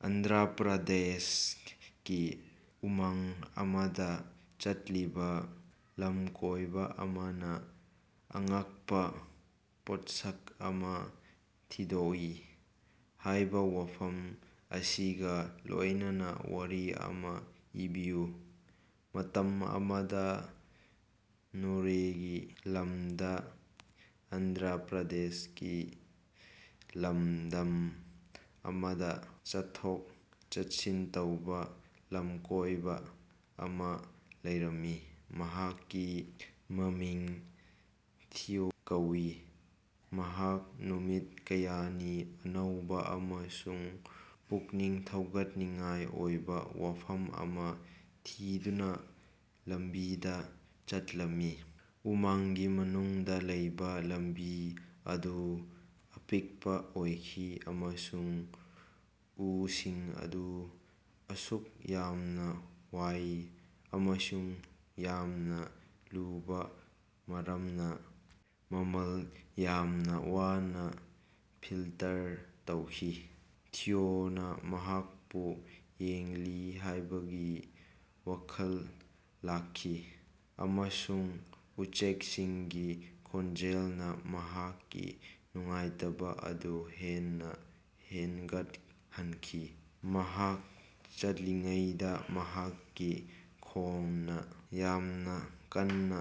ꯑꯟꯙ꯭ꯔ ꯄ꯭ꯔꯗꯦꯁꯀꯤ ꯎꯃꯪ ꯑꯃꯗꯥ ꯆꯠꯂꯤꯕꯥ ꯂꯃꯀꯣꯏꯕꯥ ꯑꯃꯅꯥ ꯑꯉꯛꯄꯥ ꯄꯣꯠꯁꯛ ꯑꯃꯥ ꯊꯤꯗꯣꯛꯏ ꯍꯥꯏꯕꯥ ꯋꯥꯐꯝ ꯑꯁꯤꯒꯥ ꯂꯣꯏꯅꯅꯥ ꯋꯥꯔꯤ ꯑꯃꯥ ꯏꯕꯤꯌꯨ꯫ ꯃꯇꯝ ꯑꯃꯗꯥ ꯅꯣꯔꯦꯒꯤ ꯂꯝꯗꯥ ꯑꯟꯙ꯭ꯔ ꯄ꯭ꯔꯗꯦꯁꯀꯤ ꯂꯝꯗꯝ ꯑꯃꯗꯥ ꯆꯠꯊꯣꯛ ꯆꯠꯁꯤꯟ ꯇꯧꯕꯥ ꯂꯝꯀꯣꯏꯕꯥ ꯑꯃꯥ ꯂꯩꯔꯝꯃꯤ꯫ ꯃꯍꯥꯛꯀꯤ ꯃꯃꯤꯡ ꯊꯤꯑꯣ ꯀꯧꯏ ꯃꯍꯥꯛ ꯅꯨꯃꯤꯠ ꯀꯌꯥꯅꯤ ꯑꯅꯧꯕꯥ ꯑꯃꯁꯨꯡ ꯄꯨꯛꯅꯤꯡ ꯊꯧꯒꯠꯅꯤꯡꯉꯥꯏ ꯑꯣꯏꯕꯥ ꯋꯥꯐꯝ ꯑꯃꯥ ꯊꯤꯗꯨꯅꯥ ꯂꯝꯕꯤꯗꯥ ꯆꯠꯂꯝꯃꯤ꯫ ꯎꯃꯪꯒꯤ ꯃꯅꯨꯡꯗꯥ ꯂꯩꯕꯥ ꯂꯝꯕꯤ ꯑꯗꯨ ꯑꯄꯤꯛꯄꯥ ꯑꯣꯏꯈꯤ ꯑꯃꯁꯨꯡ ꯎꯁꯤꯡ ꯑꯗꯨ ꯑꯁꯨꯛ ꯌꯥꯝꯅꯥ ꯋꯥꯡꯏ ꯑꯃꯁꯨꯡ ꯌꯥꯝꯅꯥ ꯂꯨꯕꯥ ꯃꯔꯝꯅꯥ ꯃꯉꯥꯜ ꯌꯥꯝꯅꯥ ꯋꯥꯅꯥ ꯐꯤꯜꯇꯔ ꯇꯧꯈꯤ꯫ ꯊꯤꯑꯣꯅꯥ ꯃꯍꯥꯛꯄꯨ ꯌꯦꯡꯂꯤ ꯍꯥꯏꯕꯒꯤ ꯋꯥꯈꯜ ꯂꯥꯛꯈꯤ ꯑꯃꯁꯨꯡ ꯎꯆꯦꯛꯁꯤꯡꯒꯤ ꯈꯣꯟꯖꯦꯜꯅꯥ ꯃꯍꯥꯛꯀꯤ ꯅꯨꯡꯉꯥꯏꯇꯕꯥ ꯑꯗꯨ ꯍꯦꯟꯅꯥ ꯍꯦꯟꯒꯠꯍꯟꯈꯤ꯫ ꯃꯍꯥꯛ ꯆꯠꯂꯤꯉꯩꯗꯥ ꯃꯍꯥꯛꯀꯤ ꯈꯣꯡꯅꯥ ꯌꯥꯝꯅꯥ ꯀꯟꯅꯥ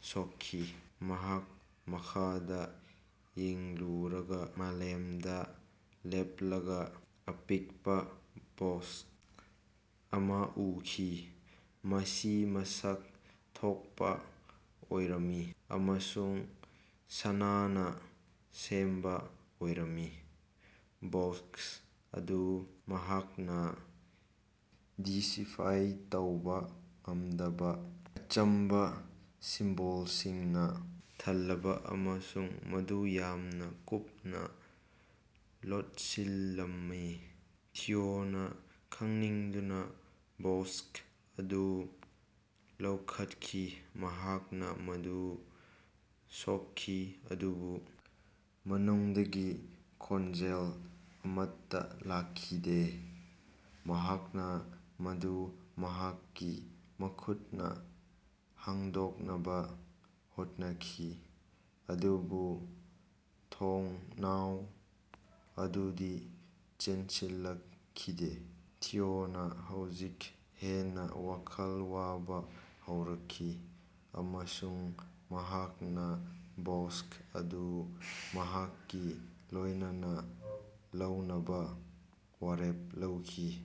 ꯁꯣꯛꯈꯤ꯫ ꯃꯍꯥꯛ ꯃꯈꯥꯗꯥ ꯌꯦꯡꯂꯨꯔꯒꯥ ꯃꯥꯂꯦꯝꯗꯥ ꯂꯦꯞꯂꯒꯥ ꯑꯄꯤꯛꯄꯥ ꯕꯣꯛꯁ ꯑꯃꯥ ꯎꯈꯤ꯫ ꯃꯁꯤ ꯃꯁꯛ ꯊꯣꯛꯄꯥ ꯑꯣꯏꯔꯝꯃꯤ ꯑꯃꯁꯨꯡ ꯁꯅꯥꯅꯥ ꯁꯦꯝꯕꯥ ꯑꯣꯏꯔꯝꯃꯤ꯫ ꯕꯣꯛꯁ ꯑꯗꯨ ꯃꯍꯥꯛꯅꯥ ꯗꯤꯁꯤꯐꯥꯏ ꯇꯧꯕꯥ ꯉꯝꯗꯕꯥ ꯑꯆꯝꯕꯥ ꯁꯤꯝꯕꯣꯜꯁꯤꯡꯅꯥ ꯊꯜꯂꯕꯥ ꯑꯃꯁꯨꯡ ꯃꯗꯨ ꯌꯥꯝꯅꯥ ꯀꯨꯞꯅꯥ ꯂꯣꯠꯁꯤꯜꯂꯝꯃꯤ꯫ ꯊꯤꯑꯣꯅꯥ ꯈꯪꯅꯤꯡꯗꯨꯅꯥ ꯕꯣꯛꯁ ꯑꯗꯨ ꯂꯧꯈꯠꯈꯤ꯫ ꯃꯍꯥꯛꯅꯥ ꯃꯗꯨ ꯁꯣꯛꯈꯤ ꯑꯗꯨꯕꯨ ꯃꯅꯨꯡꯗꯒꯤ ꯈꯣꯟꯖꯦꯜ ꯑꯃꯠꯇꯥ ꯂꯥꯛꯈꯤꯗꯦ꯫ ꯃꯍꯥꯛꯅꯥ ꯃꯗꯨ ꯃꯍꯥꯛꯀꯤ ꯃꯈꯨꯠꯅꯥ ꯍꯥꯡꯗꯣꯛꯅꯕꯥ ꯍꯣꯠꯅꯈꯤ ꯑꯗꯨꯕꯨ ꯊꯣꯡꯅꯥꯎ ꯑꯗꯨꯗꯤ ꯆꯦꯟꯁꯤꯜꯂꯛꯈꯤꯗꯦ꯫ ꯊꯤꯑꯣꯅꯥ ꯍꯧꯖꯤꯛ ꯍꯦꯟꯅꯥ ꯋꯥꯈꯜ ꯋꯥꯕꯥ ꯍꯧꯔꯛꯈꯤ ꯑꯃꯁꯨꯡ ꯃꯍꯥꯛꯅꯥ ꯕꯣꯛꯁ ꯑꯗꯨ ꯃꯍꯥꯛꯀꯥ ꯂꯣꯏꯅꯅꯥ ꯂꯧꯅꯕꯥ ꯋꯥꯔꯦꯞ ꯂꯧꯈꯤ꯫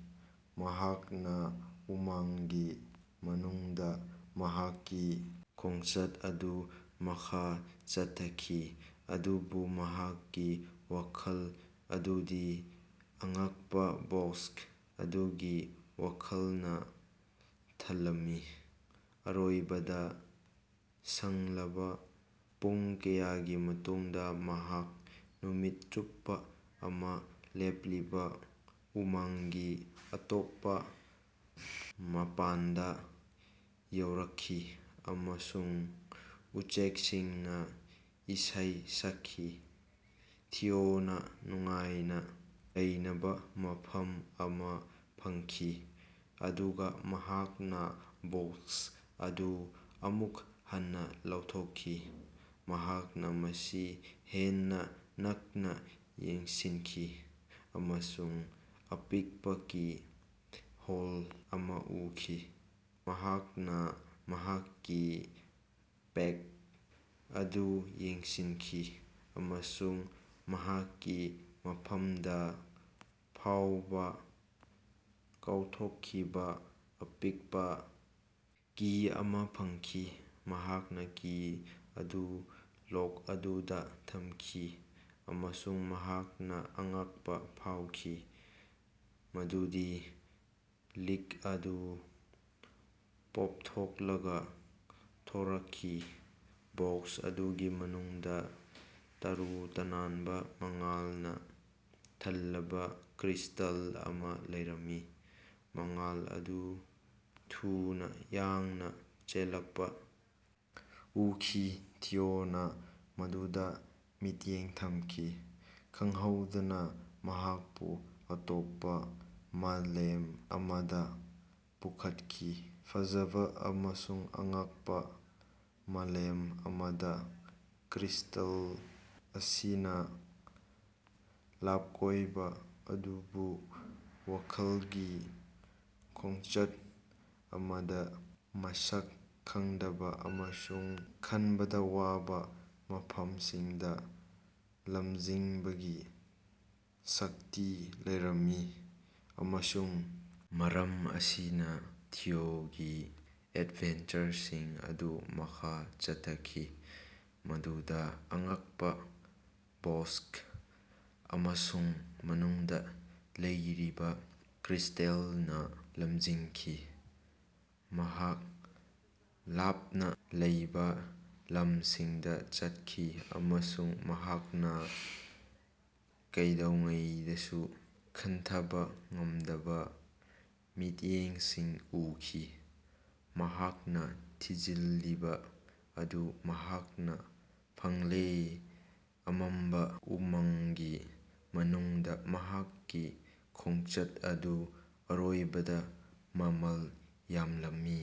ꯃꯍꯥꯛꯅꯥ ꯎꯃꯪꯒꯤ ꯃꯅꯨꯡꯗꯥ ꯃꯍꯥꯛꯀꯤ ꯈꯣꯡꯆꯠ ꯑꯗꯨ ꯃꯈꯥ ꯆꯠꯊꯈꯤ ꯑꯗꯨꯕꯨ ꯃꯍꯥꯛꯀꯤ ꯋꯥꯈꯜ ꯑꯗꯨꯗꯤ ꯑꯉꯛꯄꯥ ꯕꯣꯛꯁ ꯑꯗꯨꯒꯤ ꯋꯥꯈꯜꯅꯥ ꯊꯜꯂꯝꯃꯤ꯫ ꯑꯔꯣꯏꯕꯗꯥ ꯁꯥꯡꯂꯕꯥ ꯄꯨꯡ ꯀꯌꯥꯒꯤ ꯃꯇꯨꯡꯗꯥ ꯃꯍꯥꯛ ꯅꯨꯃꯤꯠ ꯆꯨꯞꯄꯥ ꯑꯃꯥ ꯂꯦꯞꯂꯤꯕꯥ ꯎꯃꯪꯒꯤ ꯑꯇꯣꯞꯄꯥ ꯃꯄꯥꯟꯗꯥ ꯌꯧꯔꯛꯈꯤ ꯑꯃꯁꯨꯡ ꯎꯆꯦꯛꯁꯤꯡꯅꯥ ꯏꯁꯩ ꯁꯛꯈꯤ꯫ ꯊꯤꯑꯣꯅꯥ ꯅꯨꯡꯉꯥꯏꯅꯥ ꯂꯩꯅꯕꯥ ꯃꯐꯝ ꯑꯃꯥ ꯐꯪꯈꯤ ꯑꯗꯨꯒꯥ ꯃꯍꯥꯛꯅꯥ ꯕꯣꯛꯁ ꯑꯗꯨ ꯑꯃꯨꯛ ꯍꯟꯅꯥ ꯂꯧꯊꯣꯛꯈꯤ꯫ ꯃꯍꯥꯛꯅꯥ ꯃꯁꯤ ꯍꯦꯟꯅꯥ ꯅꯛꯅꯥ ꯌꯦꯡꯁꯤꯟꯈꯤ ꯑꯃꯁꯨꯡ ꯑꯄꯤꯛꯄꯥ ꯀꯤ ꯍꯣꯜ ꯑꯃꯥ ꯎꯈꯤ꯫ ꯃꯍꯥꯛꯅꯥ ꯃꯍꯥꯛꯀꯤ ꯄꯦꯛ ꯑꯗꯨ ꯌꯦꯡꯁꯤꯟꯈꯤ ꯑꯃꯁꯨꯡ ꯃꯍꯥꯛꯀꯤ ꯃꯐꯝꯗꯥ ꯐꯥꯎꯕꯥ ꯀꯥꯎꯊꯣꯛꯈꯤꯕꯥ ꯑꯄꯤꯛꯄꯥ ꯀꯤ ꯑꯃꯥ ꯐꯪꯈꯤ꯫ ꯃꯍꯥꯛꯅꯥ ꯀꯤ ꯑꯗꯨ ꯂꯣꯛ ꯑꯗꯨꯗꯥ ꯊꯝꯈꯤ ꯑꯃꯁꯨꯡ ꯃꯍꯥꯛꯅꯥ ꯑꯉꯛꯄꯥ ꯐꯥꯎꯈꯤ ꯃꯗꯨꯗꯤ ꯂꯤꯛ ꯑꯗꯨ ꯄꯣꯞꯊꯣꯛꯂꯒꯥ ꯊꯣꯔꯛꯈꯤ꯫ ꯕꯣꯛꯁ ꯑꯗꯨꯒꯤ ꯃꯅꯨꯡꯗꯥ ꯇꯔꯨ ꯇꯅꯥꯟꯕꯥ ꯃꯉꯥꯜꯅꯥ ꯊꯜꯂꯕꯥ ꯀ꯭ꯔꯤꯁ꯭ꯇꯦꯜ ꯑꯃꯥ ꯂꯩꯔꯝꯃꯤ꯫ ꯃꯉꯥꯜ ꯑꯗꯨ ꯊꯨꯅꯥ ꯌꯥꯡꯅꯥ ꯆꯦꯜꯂꯛꯄꯥ ꯎꯈꯤ ꯊꯤꯑꯣꯅꯥ ꯃꯗꯨꯗꯥ ꯃꯤꯠꯌꯦꯡ ꯊꯝꯈꯤ꯫ ꯈꯪꯍꯧꯗꯅꯥ ꯃꯍꯥꯛꯄꯨ ꯑꯇꯣꯞꯄꯥ ꯃꯥꯂꯦꯝ ꯑꯃꯗꯥ ꯄꯨꯈꯠꯈꯤ ꯐꯖꯕꯥ ꯑꯃꯁꯨꯡ ꯑꯉꯛꯄꯥ ꯃꯥꯂꯦꯝ ꯑꯃꯗꯥ꯫ ꯀ꯭ꯔꯤꯁ꯭ꯇꯦꯜ ꯑꯁꯤꯅꯥ ꯂꯞꯀꯣꯏꯕꯥ ꯑꯗꯨꯕꯨ ꯋꯥꯈꯜꯒꯤ ꯈꯣꯡꯆꯠ ꯑꯃꯗꯥ ꯃꯁꯛ ꯈꯪꯗꯕꯥ ꯑꯃꯁꯨꯡ ꯈꯟꯕꯗꯥ ꯋꯥꯕꯥ ꯃꯐꯝꯁꯤꯡꯗꯥ ꯂꯝꯖꯤꯡꯕꯒꯤ ꯁꯛꯇꯤ ꯂꯩꯔꯝꯃꯤ꯫ ꯑꯃꯁꯨꯡ ꯃꯔꯝ ꯑꯁꯤꯅꯥ ꯊꯤꯑꯣꯒꯤ ꯑꯦꯗꯚꯦꯟꯆꯔꯁꯤꯡ ꯑꯗꯨ ꯃꯈꯥ ꯆꯠꯊꯈꯤ ꯃꯗꯨꯗꯥ ꯑꯉꯛꯄꯥ ꯕꯣꯛꯁ ꯑꯃꯁꯨꯡ ꯃꯅꯨꯡꯗꯥ ꯂꯩꯔꯤꯕꯥ ꯀ꯭ꯔꯤꯁ꯭ꯇꯦꯜꯅꯥ ꯂꯝꯖꯤꯡꯈꯤ꯫ ꯃꯍꯥꯛ ꯂꯥꯞꯅꯥ ꯂꯩꯕꯥ ꯂꯝꯁꯤꯡꯗꯥ ꯆꯠꯈꯤ ꯑꯃꯁꯨꯡ ꯃꯍꯥꯛꯅꯥ ꯀꯩꯗꯧꯉꯩꯗꯁꯨ ꯈꯟꯊꯕꯥ ꯉꯝꯗꯕꯥ ꯃꯤꯠꯌꯦꯡꯁꯤꯡ ꯎꯈꯤ꯫ ꯃꯍꯥꯛꯅꯥ ꯊꯤꯖꯤꯜꯂꯤꯕꯥ ꯑꯗꯨ ꯃꯍꯥꯛꯅꯥ ꯐꯪꯂꯦ ꯑꯃꯝꯕꯥ ꯎꯃꯪꯒꯤ ꯃꯅꯨꯡꯗꯥ ꯃꯍꯥꯛꯀꯤ ꯈꯣꯡꯆꯠ ꯑꯗꯨ ꯑꯔꯣꯏꯕꯗꯥ ꯃꯃꯜ ꯌꯥꯝꯂꯝꯃꯤ꯫